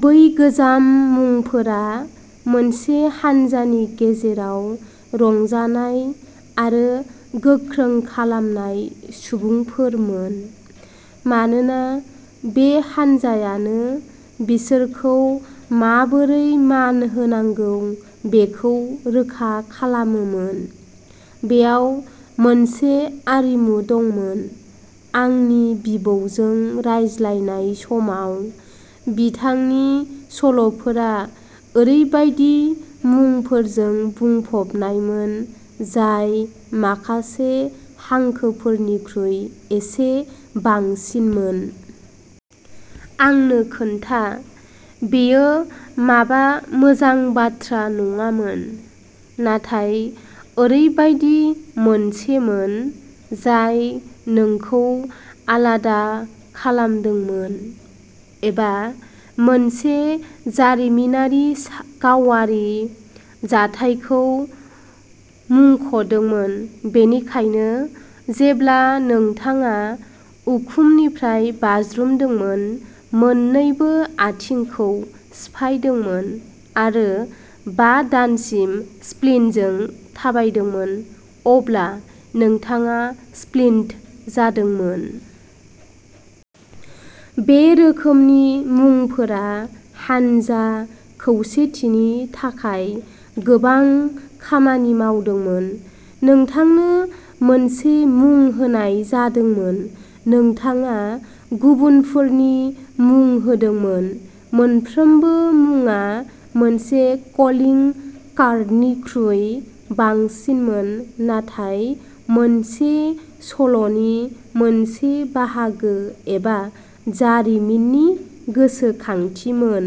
बै गोजाम मुंफोरा मोनसे हान्जानि गेजेराव रंजानाय आरो गोख्रों खालामनाय सुबुंफोरमोन, मानोना बे हानजायानो बिसोरखौ माबोरै मान होनांगौ बेखौ रोखा खालामोमोन। बेयाव मोनसे आरिमु दंमोन। आंनि बिबौजों रायज्लायनाय समाव, बिथांनि सल'फोरा ओरैबायदि मुंफोरजों बुंफबनायमोन, जाय माखासे हांखोफोरनिख्रुइ एसे बांसिनमोन। आंनो खोन्था, बेयो माबा मोजां बाथ्रा नङामोन, नाथाय ओरैबायदि मोनसेमोन जाय नोंखौ आलादा खालामदोंमोन, एबा मोनसे जारिमिनारि गावारि जाथायखौ मुंख'दोंमोन। बेनिखायनो जेब्ला नोंथाङा उखुमनिफ्राय बाज्रुमदोंमोन, मोन्नैबो आथिंखौ सिफायदोंमोन, आरो बा दानसिम स्प्लिन्टजों थाबायदोंमोन, अब्ला नोंथाङा स्प्लिन्ट जादोंमोन। बे रोखोमनि मुंफोरा हानजा खौसेथिनि थाखाय गोबां खामानि मावदोंमोन। नोंथांनो मोनसे मुं होनाय जादोंमोन। नोंथाङा गुबुनफोरनि मुं होदोंमोन। मोनफ्रोमबो मुङा मोनसे कलिं कार्डनिख्रुइ बांसिनमोन नाथाय मोनसे सल'नि मोनसे बाहागो एबा जारिमिननि गोसोखांथिमोन।